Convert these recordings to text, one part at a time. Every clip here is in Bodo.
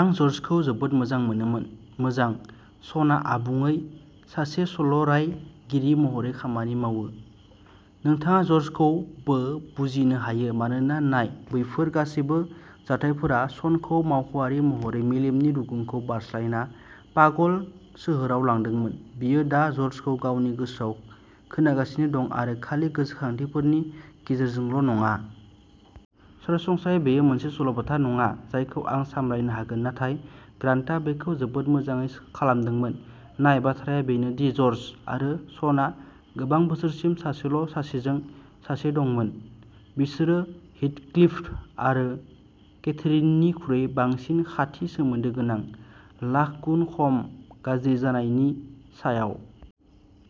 आं जर्जखौ जोबोद मोजां मोनोमोन। मोजां, शनआ आबुङै सासे सल'रायगिरि महरै खामानि मावो। नोंथाङा जर्जखौबो बुजिनो हायो, मानोना, नाय, बैफोर गासैबो जाथायफोरा श'नखौ मावख'आरि महरै मेलेमनि रुगुंखौ बारस्लायना पागल सोहोराव लांदोंमोन। बियो दा जर्जखौ गावनि गोसोआव खोनागासिनो दं, आरो खालि गोसोखांथिफोरनि गेजेरजोंल'नङा। सरासनस्रायै, बेयो मोनसे सल'बाथा नङा जायखौ आं सामलायनो हागोन, नाथाय ग्रान्टआ बेखौ जोबोद मोजाङै खालामदोंमोन। नाय, बाथ्राया बेनो दि जर्ज आरो श'नआ गोबां बोसोरसिम सासेल'सासेजों सासे दंमोन। बिसोरो हीथक्लिफ आरो केथरीननिख्रुइ बांसिन खाथि सोमोन्दो गोनां, लाख गुन खम गाज्रि जानायनि सायाव।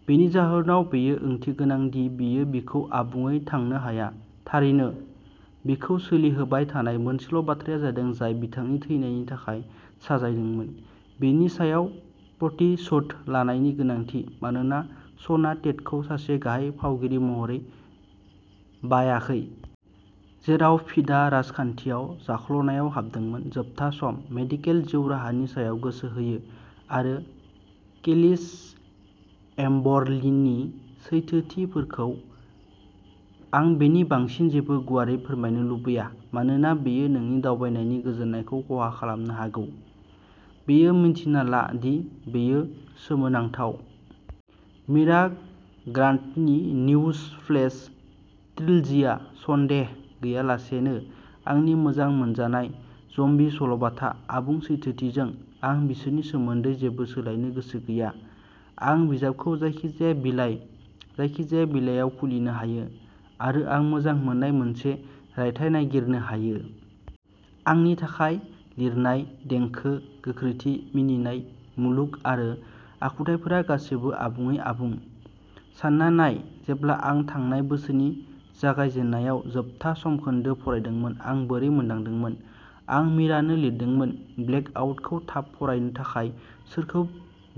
बेनि जाहोनाव, बेयो ओंथिगोनां दि बियो बिखौ आबुङै थांनो हाया। थारैनो, बिखौ सोलिहोबाय थानाय मोनसेल'बाथ्राया जादों जाय बिथांनि थैनायनि थाखाय साजायदोंमोन, बिनि सायाव प्रतिशोध लानायनि गोनांथि, मानोना श'नआ टेटखौ सासे गाहाय फावगिरि महरै बायाखै। जेराव फीडा राजखान्थियाव जाख्ल'नायाव हाबदोंमोन, जोबथा सम। मेडिकेल जिउ राहानि सायाव गोसो होयो, आरो केलिस-एम्बर्लिनि सैथोथिफोरखौ। आं बेनि बांसिन जेबो गुवारै फोरमायनो लुबैया, मानोना बेयो नोंनि दावबायनायनि गोजोननायखौ खहा खालामनो हागौ। बेखौ मिन्थिना ला दि बेयो सोमोनांथाव। मिरा ग्रान्टनि निउजफ्लेश ट्रिलजिया, सन्देह गैयालासेनो, आंनि मोजां मोनजानाय ज'म्बि सल'बाथा। आबुं सैथोथिजों, आं बिसोरनि सोमोन्दै जेबो सोलायनो गोसो गैया। आं बिजाबखौ जायखिजाया बिलाइ, जायखिजाया बिलाइयाव खुलिनो हायो, आरो आं मोजां मोननाय मोनसे रायथाइ नागिरनो हायो। आंनि थाखाय, लिरनाय, देंखो, गोख्रैथि, मिनिनाय, मुलुग आरो आखुथाइफोरा गासैबो आबुङै आबुं। सानना नाय जेब्ला आं थांनाय बोसोरनि जागायजेन्नायाव जोबथा समखोन्दो फरायदोंमोन आं बोरै मोनदांदोंमोन?! आं मिरानो लिरदोंमोन ब्लेकआउटखौ थाब फरायनो थाखाय सोरखौ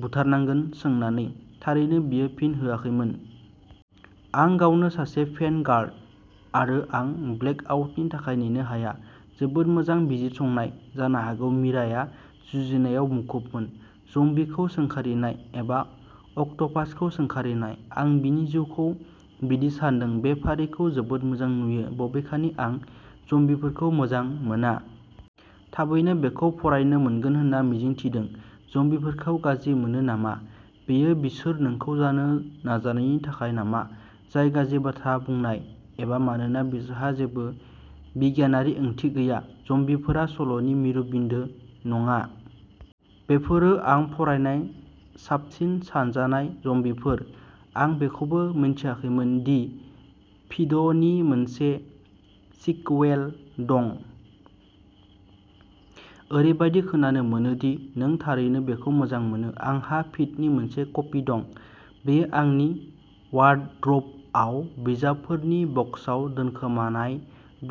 बुथारनांगोन सोंनानैः थारैनो बियो फिन होआखैमोन। आं गावनो सासे फेन गार्ल, आरो आं ब्लेकआउटनि थाखाय नेनो हाया। जोबोद मोजां बिजिरसंनाय! जानो हागौ मिराया जुजिनायआव मुखुबमोन। ज'म्बीखौ सोंखारिनाय। एबा अक्ट'पासखौ सोंखारिनाय। आं बिनि जिउखौ बिदि सानदों। बे फारिखौ जोबोद मोजां नुयो, बबेखानि आं ज'म्बीफोरखौ मोजां मोना। थाबैनो बेखौ फरायनो मोनगोन होनना मिजिं थिदों। ज'म्बीफोरखौ गाज्रि मोनो नामा?? बेयो बिसोर नोंखौ जानो नाजानायनि थाखाय नामा, जाय गाज्रि बाथ्रा बुंनाय, एबा मानोना बिसोरहा जेबो बिगियानारि ओंथि गैया? ज'म्बीफोरा सल'नि मिरु बिन्दो नङा। बेफोरो आं फरायनाय साबसिन सानजानाय ज'म्बीफोर। आं बेखौबो मिन्थियाखैमोन दि'फीड'नि मोनसे सिक्वेल दं! ओरैबायदि खोनानो मोनो दि नों थारैनो बेखौ मोजां मोनो! आंहा फिडनि मोनसे कपि दं, बेयो आंनि वार्ड्रोबआव बिजाबफोरनि बक्सआव दोनखोमानाय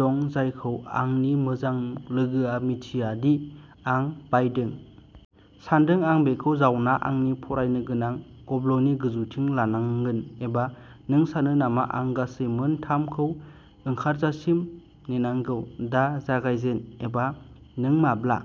दं जायखौ आंनि मोजां लोगोआ मिथिया दि आं बायदों! सानदों आं बेखौ जावना आंनि फरायनो गोनां गब्लंनि गोजौथिं लांनांगोन! एबा नों सानो नामा आं गासै मोन थाम खौ ओंखारजासिम नेनांगौ? दा जागायजेन! एबा नों माब्ला?